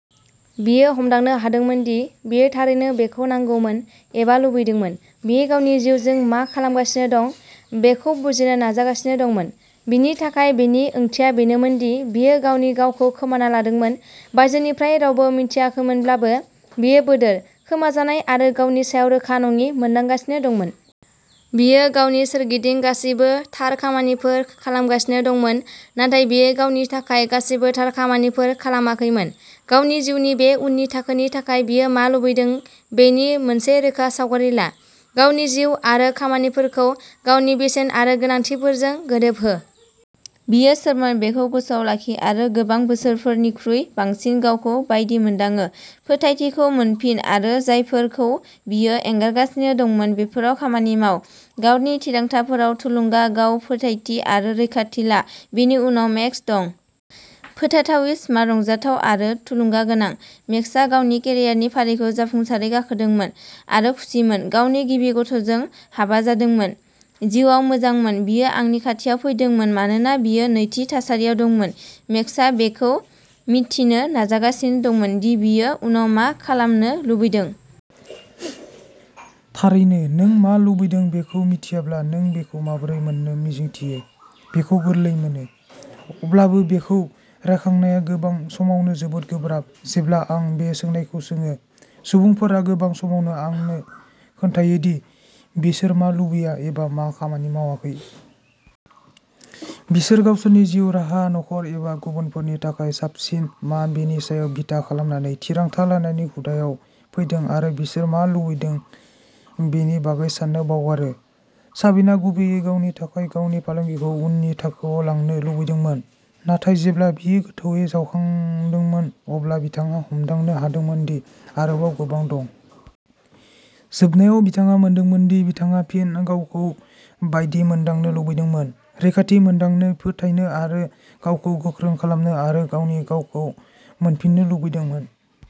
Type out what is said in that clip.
बियो हमदांनो हादोंमोन दि बियो थारैनो बेखौ नांगौमोन एबा लुबैदोंमोन। बियो गावनि जिउजों मा खालामगासिनो दं बेखौ बुजिनो नाजागासिनो दंमोन। बिनि थाखाय, बेनि ओंथिया बेनोमोन दि बियो गावनि गावखौ खोमाना लादोंमोन। बायजोनिफ्राय रावबो मिन्थियाखैमोनब्लाबो, बियो बोदोर, खोमाजानाय आरो गावनि सायाव रोखा नङि मोनदांगासिनो दंमोन। बियो गावनि सोरगिदिं गासैबो "थार" खामानिफोर खालामगासिनो दंमोन, नाथाय बियो गावनि थाखाय गासैबो थार खामानिफोर खालामाखैमोन। गावनि जिउनि बे उननि थाखोनि थाखाय बियो मा लुबैदों बेनि मोनसे रोखा सावगारि ला। गावनि जिउ आरो खामानिफोरखौ गावनि बेसेन आरो गोनांथिफोरजों गोरोबहो। बियो सोरमोन बेखौ गोसोआव लाखि आरो गोबां बोसोरफोरनिख्रुइ बांसिन गावखौ बायदि मोनदाङो। फोथायथिखौ मोनफिन आरो जायफोरखौ बियो एंगारगासिनो दंमोन बैफोराव खामानि माव। गावनि थिरांथाफोराव थुलुंगा, गाव-फोथायथि आरो रैखाथि ला। बेनि उनाव, मेक्स दं। फोथायथावै स्मार्ट, रंजाथाव आरो थुलुंगा गोनां, मेक्सआ गावनि केरियारनि फारिखौ जाफुंसारै गाखोदोंमोन आरो खुसिमोन। गावनि गिबि गथ'जों हाबा जादों। जिउआ मोजांमोन। बियो आंनि खाथियाव फैदोंमोन मानोना बियो नैथि थासारियाव दंमोन; मेक्सआ बेखौ मिन्थिनो नाजागासिनो दंमोन दि बियो उनाव मा खालामनो लुबैदों। थारैनो, नों मा लुबैदों बेखौ मिथियाब्ला, नों बेखौ माबोरै मोन्नो मिजिंथियो? बेखौ गोरलै मोनो, अब्लाबो बेखौ रायखांनाया गोबां समावनो जोबोद गोब्राब। जेब्ला आं बे सोंनायखौ सोङो, सुबुंफोरा गोबां समावनो आंनो खोन्थायो दि बिसोर मा लुबैया एबा मा खामानि मावाखै। बिसोर गावसोरनि जिउ राहा, नखर एबा गुबुनफोरनि थाखाय साबसिन मा बेनि सायाव बिथा खालामनानै थिरांथा लानायनि हुदाआव फैदोंआरो बिसोर मा लुबैदों बेनि बागै साननो बावगारो। साबिना गुबैयै गावनि थाखाय "गावनि फालांगिखौ उननि थाखोआव लांनो" लुबैदोंमोन, नाथाय जेब्ला बियो गोथौवै जावखांदोंमोन, अब्ला बिथाङा हमदांनो हादोंमोन दि आरोबाव गोबां दं। जोबनायाव बिथाङा मोनदोंमोन दि बिथाङा फिन गावखौ बायदि मोनदांनो लुबैदोंमोन; रैखाथि मोनदांनो, फोथायनो आरो गावखौ गोख्रों खालामनो, आरो गावनि गावखौ मोनफिननो लुबैदोंमोन।